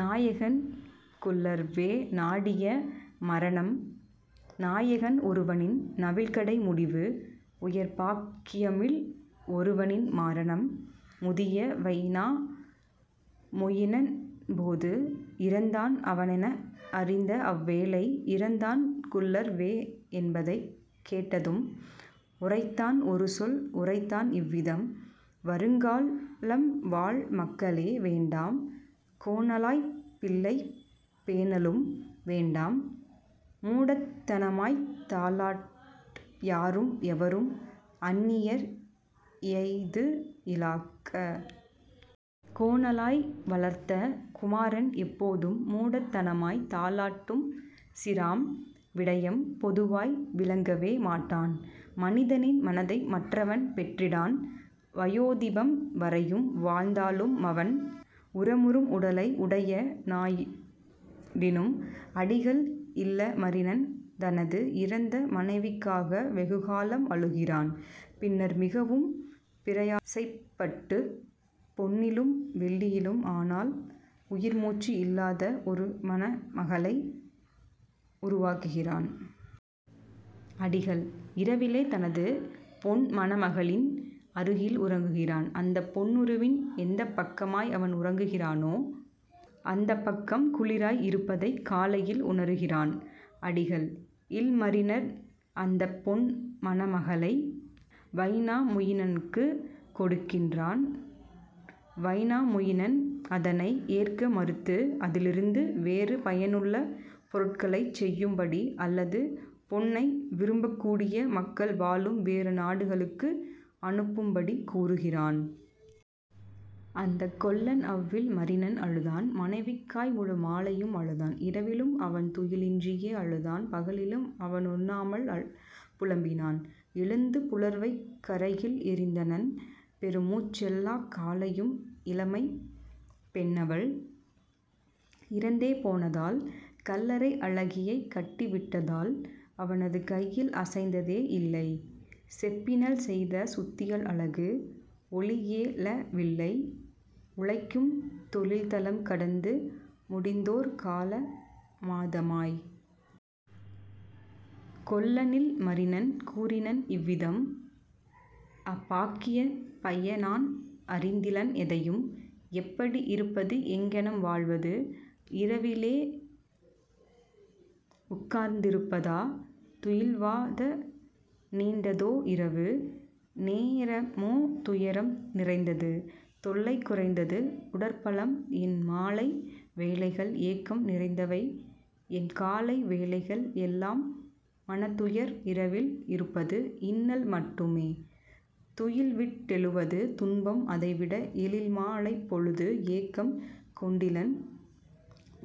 நாயகன் குல்லர்வோ நாடிய மரணம் நாயகன் ஒருவனின் நவில்கடை முடிவு உயர்பாக் கியமில் ஒருவனின் மரணம். முதிய வைனா மொயினனப் போது இறந்தான் அவனென அறிந்தஅவ் வேளை இறந்தான் குல்லர்வோ என்பதைக் கேட்டதும் உரைத்தான் ஒருசொல் உரைத்தான் இவ்விதம்: "வருங்கா லம்வாழ் மக்களே வேண்டாம் கோணலாய்ப் பிள்ளையை பேணலும் வேண்டாம் மூடத் தனமாய்த் தாலாட் யாரும் எவரும் அந்நியர் இயைதுயி லாக்க! கோணலாய் வளர்த்த குமாரன் எப்போதும் மூடத் தனமாய்த் தாலாட் டும்சிறான் விடயம் பொதுவாய் விளங்கவே மாட்டான் மனிதனின் மனதை மற்றவன் பெற்றிடான் வயோதிபம் வரையும் வாழ்ந்தா லுமவன் உரமுறும் உடலை உடைய னாயிடினும். " அடிகள்: இல்மரினன் தனது இறந்த மனைவிக்காக வெகுகாலம் அழுகிறான். பின்னர் மிகவும் பிரயாசைப்பட்டுப் பொன்னிலும் வெள்ளியிலும் ஆனால் உயிர் மூச்சு இல்லாத ஒரு மணமகளை உருவாக்குகிறான். அடிகள்: இரவிலே தனது பொன் மணமகளின் அருகில் உறங்குகிறான். அந்தப் பொன்னுருவின் எந்தப் பக்கமாய் அவன் உறங்குகிறானோ அந்தப் பக்கம் குளிராய் இருப்பதைக் காலையில் உணருகிறான். அடிகள்: இல்மரினன் அந்தப் பொன் மணமகளை வைனாமொயினனுக்குக் கொடுக்கிறான். வைனாமொயினன் அதனை ஏற்க மறுத்து, அதிலிருந்து வேறு பயனுள்ள பொருட்களைச் செய்யும்படி அல்லது பொன்னை விரும்பக்கூடிய மக்கள் வாழும் வேறு நாடுகளுக்கு அனுப்பும்படி கூறுகிறான். அந்தக் கொல்லன் அவ்வில் மரினன் அழுதான் மனைவிக் காய்முழு மாலையும் அழுதான் இரவிலும் அவன்துயி லின்றியே அழுதான் பகலிலும் அவனுண் ணாமல் புலம்பினன் எழுந்து புலர்வை கறையில் எறிந்தனன் பெருமூச் செல்லாக் காலையும் இளமைப் பெண்ணவள் இறந்தே போனதால் கல்லறை அழகியைக் கட்டி விட்டதால். அவனது கையில் அசைந்ததே யில்லை செப்பினில் செய்த சுத்தியல் அலகு, ஒலியெழ வில்லை உழைக்கும் தொழில்தலம் கடந்து முடிந்ததோர் கால மாதமாய். கொல்லன்இல் மரினன் கூறினன் இவ்விதம்: "அபாக்கியப் பையநான் அறிந்திலன் எதையும் எப்படி இருப்பது எங்ஙனம் வாழ்வது; இரவிலே உட்கார்ந் திருப்பதா துயில்வதா நீண்டதோ இரவு நேரமோ துயரம் நிறைந்தது தொல்லை குறைந்தது உடற்பலம். என்மாலை வேளைகள் ஏக்கம் நிறைந்தவை என்காலை வேளைகள் எல்லாம் மனத்துயர் இரவில் இருப்பது இன்னல் மட்டுமே துயில்விட் டெழுவது துன்பம் அதைவிட எழில்மா லைப்பொழு ஏக்கம் கொண்டிலன்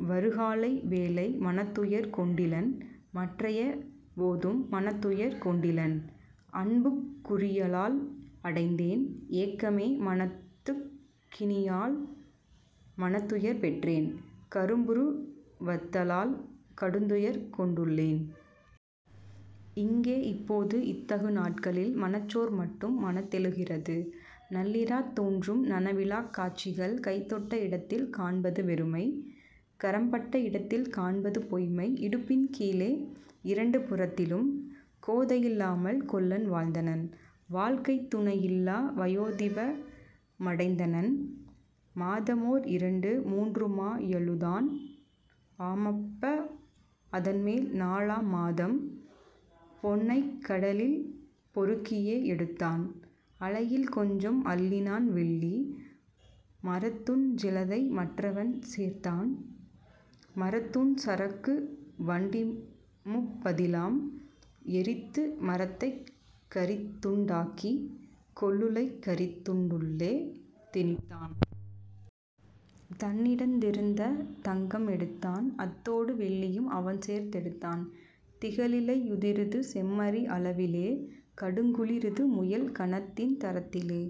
வருகாலை வேளை மனத்துயர் கொண்டிலன் மற்றைய போதும் மனத்துயர் கொண்டிலன்; அன்புக் குரியளால் அடைந்தேன் ஏக்கமே மனதுக் கினியளால் மனத்துயர் பெற்றேன் கரும்புரு வத்தளால் கடுந்துயர் கொண்டுளேன். இங்கே இப்போ இத்தகு நாட்களில் மனச்சோர் மட்டும் மனத் தெழுகிறது நள்ளிராத் தோன்றும் நனவிலாக் காட்சிகள் கைதொட்ட இடத்தில் காண்பது வெறுமை கரம்பட்ட இடத்தில் காண்பது பொய்மை இடுப்பின் கீழே இரண்டு புறத்திலும். " கோதையில் லாமல் கொல்லன் வாழ்ந்தனன் வாழ்க்கைத் துணையிலா வயோதிப மடைந்தனன்; மாதமோர் இரண்டு மூன்றுமா யழுதான் ஆமப்பா, அதன்மேல் நாலாம் மாதம் பொன்னைக் கடலில் பொறுக்கியே யெடுத்தான் அலையில் கொஞ்சம் அள்ளினான் வெள்ளி; மரத்துண் சிலதை மற்றவன் சேர்த்தான் மரத்துண் சறுக்கு வண்டிமுப் பதிலாம்; எரித்து மரத்தைக் கரித்துண் டாக்கி கொல்லுலை கரித்துண் டுள்ளே திணித்தான். தன்னிடத் திருந்த தங்கம் எடுத்தான் அத்தொடு வெள்ளியும் அவன்தேர்ந் தெடுத்தான் திகழ்இலை யுதிர்ருதுச் செம்மறி அளவிலே கடுங்குளிர் ருதுமுயல் கனத்தின் தரத்திலே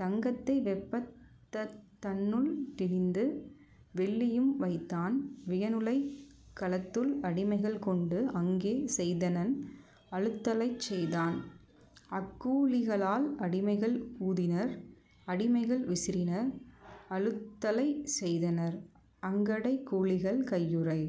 தங்கத்தை வெப்பத் ததனுள் திணித்து வெள்ளியும் வைத்தான் வியனுலைக் களத்துள் அடிமைகள் கொண்டு அங்கே செய்தனன் அழுத்தலைச் செய்தான் அக்கூ லிகளால். அடிமைகள் ஊதினர் அடிமைகள் விசிறினர் அழுத்தலைச் செய்தனர் அங்கடை கூலிகள் கையுறை